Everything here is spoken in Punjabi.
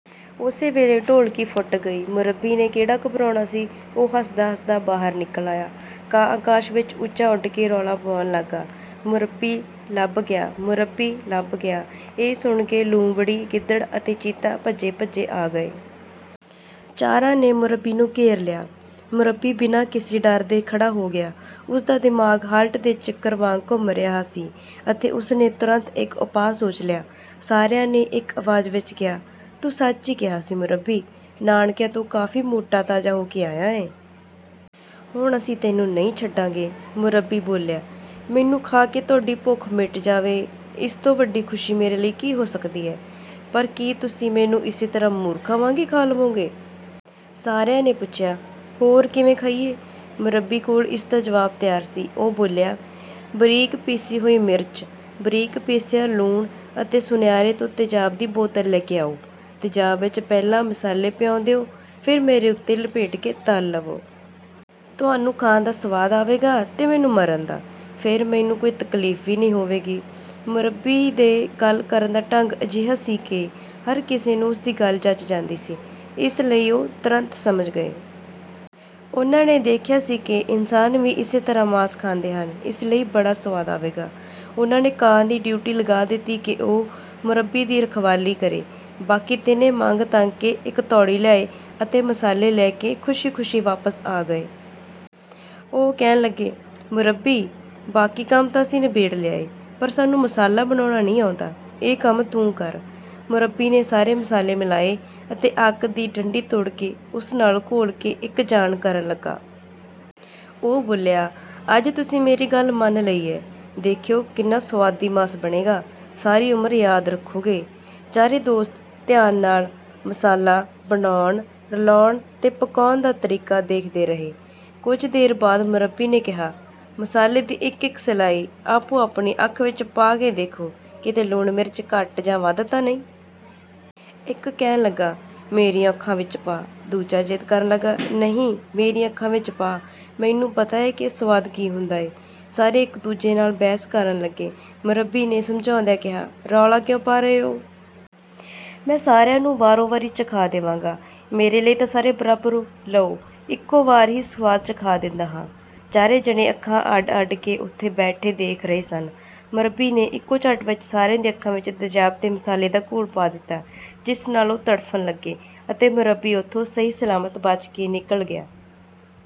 ਉਸੇ ਵੇਲੇ ਢੋਲਕੀ ਫੁੱਟ ਗਈ। ਮੁਰੱਬੀ ਨੇ ਕਿਹੜਾ ਘਬਰਾਉਣਾ ਸੀ, ਉਹ ਹੱਸਦਾ-ਹੱਸਦਾ ਬਾਹਰ ਨਿਕਲ ਆਇਆ। ਕਾਂ ਆਕਾਸ਼ ਵਿੱਚ ਉੱਚਾ ਉੱਡ ਕੇ ਰੌਲਾ ਪਾਉਣ ਲੱਗਾ, "ਮੁਰੱਬੀ ਲੱਭ ਗਿਆ, ਮੁਰੱਬੀ ਲੱਭ ਗਿਆ!" ਇਹ ਸੁਣ ਕੇ ਲੂੰਬੜੀ, ਗਿੱਦੜ ਅਤੇ ਚੀਤਾ ਭੱਜੇ-ਭੱਜੇ ਆ ਗਏ। ਚਾਰਾਂ ਨੇ ਮੁਰੱਬੀ ਨੂੰ ਘੇਰ ਲਿਆ। ਮੁਰੱਬੀ ਬਿਨਾਂ ਕਿਸੇ ਡਰ ਦੇ ਖੜ੍ਹਾ ਹੋ ਗਿਆ। ਉਸ ਦਾ ਦਿਮਾਗ ਹਲਟ ਦੇ ਚੱਕਰ ਵਾਂਗ ਘੁੰਮ ਰਿਹਾ ਸੀ ਅਤੇ ਉਸ ਨੇ ਤੁਰੰਤ ਇੱਕ ਉਪਾਅ ਸੋਚ ਲਿਆ। ਸਾਰਿਆਂ ਨੇ ਇੱਕ ਆਵਾਜ਼ ਵਿੱਚ ਕਿਹਾ, "ਤੂੰ ਸੱਚ ਹੀ ਕਿਹਾ ਸੀ ਮੁਰੱਬੀ, ਨਾਨਕਿਆਂ ਤੋਂ ਕਾਫ਼ੀ ਮੋਟਾ-ਤਾਜ਼ਾ ਹੋ ਕੇ ਆਇਆ ਹੈਂ। ਹੁਣ ਅਸੀਂ ਤੈਨੂੰ ਨਹੀਂ ਛੱਡਾਂਗੇ।" ਮੁਰੱਬੀ ਬੋਲਿਆ, "ਮੈਨੂੰ ਖਾ ਕੇ ਤੁਹਾਡੀ ਭੁੱਖ ਮਿਟ ਜਾਵੇ, ਇਸ ਤੋਂ ਵੱਡੀ ਖ਼ੁਸ਼ੀ ਮੇਰੇ ਲਈ ਹੋਰ ਕੀ ਹੋ ਸਕਦੀ ਹੈ! ਪਰ ਕੀ ਤੁਸੀਂ ਮੈਨੂੰ ਇਸੇ ਤਰ੍ਹਾਂ ਮੂਰਖਾਂ ਵਾਂਗ ਖਾ ਲਵੋਗੇ?" ਸਾਰਿਆਂ ਨੇ ਪੁੱਛਿਆ, "ਹੋਰ ਕਿਵੇਂ ਖਾਈਏ?" ਮੁਰੱਬੀ ਕੋਲ ਇਸ ਦਾ ਜਵਾਬ ਤਿਆਰ ਸੀ। ਉਹ ਬੋਲਿਆ, "ਬਰੀਕ ਪੀਸੀ ਹੋਈ ਮਿਰਚ, ਬਰੀਕ ਪੀਸਿਆ ਲੂਣ ਅਤੇ ਸੁਨਿਆਰੇ ਤੋਂ ਤੇਜ਼ਾਬ ਦੀ ਬੋਤਲ ਲੈ ਕੇ ਆਓ। ਤੇਜ਼ਾਬ ਵਿੱਚ ਪਹਿਲਾਂ ਮਸਾਲੇ ਭਿਓਂ ਦਿਓ, ਫਿਰ ਮੇਰੇ ਉੱਤੇ ਲਪੇਟ ਕੇ ਤਲ ਲਵੋ। ਤੁਹਾਨੂੰ ਖਾਣ ਦਾ ਸੁਆਦ ਆਵੇਗਾ ਅਤੇ ਮੈਨੂੰ ਮਰਨ ਦਾ, ਫਿਰ ਮੈਨੂੰ ਕੋਈ ਤਕਲੀਫ਼ ਵੀ ਨਹੀਂ ਹੋਵੇਗੀ।" ਮੁਰੱਬੀ ਦੇ ਗੱਲ ਕਰਨ ਦਾ ਢੰਗ ਅਜਿਹਾ ਸੀ ਕਿ ਹਰ ਕਿਸੇ ਨੂੰ ਉਸ ਦੀ ਗੱਲ ਜਚ ਜਾਂਦੀ ਸੀ, ਇਸ ਲਈ ਉਹ ਤੁਰੰਤ ਸਮਝ ਗਏ। ਉਨ੍ਹਾਂ ਨੇ ਦੇਖਿਆ ਸੀ ਕਿ ਇਨਸਾਨ ਵੀ ਇਸੇ ਤਰ੍ਹਾਂ ਮਾਸ ਖਾਂਦੇ ਹਨ, ਇਸ ਲਈ ਬੜਾ ਸੁਆਦ ਆਵੇਗਾ। ਉਨ੍ਹਾਂ ਨੇ ਕਾਂ ਦੀ ਡਿਊਟੀ ਲਗਾ ਦਿੱਤੀ ਕਿ ਉਹ ਮੁਰੱਬੀ ਦੀ ਰਖਵਾਲੀ ਕਰੇ। ਬਾਕੀ ਤਿੰਨੇ ਮੰਗ-ਤੰਗ ਕੇ ਇੱਕ ਤੌੜੀ ਲਿਆਏ ਅਤੇ ਮਸਾਲੇ ਲੈ ਕੇ ਖ਼ੁਸ਼ੀ-ਖ਼ੁਸ਼ੀ ਵਾਪਸ ਆ ਗਏ। ਉਹ ਕਹਿਣ ਲੱਗੇ, "ਮੁਰੱਬੀ, ਬਾਕੀ ਕੰਮ ਤਾਂ ਅਸੀਂ ਨਬੇੜ ਲਿਆ ਹੈ ਪਰ ਸਾਨੂੰ ਮਸਾਲਾ ਬਣਾਉਣਾ ਨਹੀਂ ਆਉਂਦਾ, ਇਹ ਕੰਮ ਤੂੰ ਕਰ।" ਮੁਰੱਬੀ ਨੇ ਸਾਰੇ ਮਸਾਲੇ ਮਿਲਾਏ ਅਤੇ ਅੱਕ ਦੀ ਡੰਡੀ ਤੋੜ ਕੇ ਉਸ ਨਾਲ ਘੋਲ ਕੇ ਇੱਕ-ਜਾਨ ਕਰਨ ਲੱਗਾ। ਉਹ ਬੋਲਿਆ, "ਅੱਜ ਤੁਸੀਂ ਮੇਰੀ ਗੱਲ ਮੰਨ ਲਈ ਹੈ, ਦੇਖਿਓ ਕਿੰਨਾ ਸੁਆਦੀ ਮਾਸ ਬਣੇਗਾ, ਸਾਰੀ ਉਮਰ ਯਾਦ ਰੱਖੋਗੇ।" ਚਾਰੇ ਦੋਸਤ ਧਿਆਨ ਨਾਲ ਮਸਾਲਾ ਬਣਾਉਣ, ਰਲਾਉਣ ਅਤੇ ਪਕਾਉਣ ਦਾ ਤਰੀਕਾ ਦੇਖਦੇ ਰਹੇ। ਕੁਝ ਦੇਰ ਬਾਅਦ ਮੁਰੱਬੀ ਨੇ ਕਿਹਾ, "ਮਸਾਲੇ ਦੀ ਇੱਕ-ਇੱਕ ਸਲਾਈ ਆਪੋ-ਆਪਣੀ ਅੱਖ ਵਿੱਚ ਪਾ ਕੇ ਦੇਖੋ ਕਿ ਕਿਤੇ ਲੂਣ-ਮਿਰਚ ਘੱਟ ਜਾਂ ਵੱਧ ਤਾਂ ਨਹੀਂ?" ਇੱਕ ਕਹਿਣ ਲੱਗਾ, "ਮੇਰੀਆਂ ਅੱਖਾਂ ਵਿੱਚ ਪਾ", ਦੂਜਾ ਜ਼ਿੱਦ ਕਰਨ ਲੱਗਾ, "ਨਹੀਂ, ਮੇਰੀਆਂ ਅੱਖਾਂ ਵਿੱਚ ਪਾ, ਮੈਨੂੰ ਪਤਾ ਹੈ ਕਿ ਸੁਆਦ ਕੀ ਹੁੰਦਾ ਹੈ।" ਸਾਰੇ ਇੱਕ-ਦੂਜੇ ਨਾਲ ਬਹਿਸ ਕਰਨ ਲੱਗੇ। ਮੁਰੱਬੀ ਨੇ ਸਮਝਾਉਂਦਿਆਂ ਕਿਹਾ, "ਰੌਲਾ ਕਿਉਂ ਪਾ ਰਹੇ ਹੋ? ਮੈਂ ਸਾਰਿਆਂ ਨੂੰ ਵਾਰੋ-ਵਾਰੀ ਚਖਾ ਦੇਵਾਂਗਾ। ਮੇਰੇ ਲਈ ਤਾਂ ਸਾਰੇ ਬਰਾਬਰ ਹੋ। ਲਓ, ਇੱਕੋ ਵਾਰ ਹੀ ਸੁਆਦ ਚਖਾ ਦਿੰਦਾ ਹਾਂ।" ਚਾਰੇ ਜਣੇ ਅੱਖਾਂ ਅੱਡ-ਅੱਡ ਕੇ ਉੱਥੇ ਬੈਠੇ ਦੇਖ ਰਹੇ ਸਨ। ਮੁਰੱਬੀ ਨੇ ਇੱਕੋ ਝੱਟ ਵਿੱਚ ਸਾਰਿਆਂ ਦੀਆਂ ਅੱਖਾਂ ਵਿੱਚ ਤੇਜ਼ਾਬ ਅਤੇ ਮਸਾਲੇ ਦਾ ਘੋਲ ਪਾ ਦਿੱਤਾ, ਜਿਸ ਨਾਲ ਉਹ ਤੜਫਣ ਲੱਗੇ ਅਤੇ ਮੁਰੱਬੀ ਉੱਥੋਂ ਸਹੀ-ਸਲਾਮਤ ਬਚ ਕੇ ਨਿਕਲ ਗਿਆ।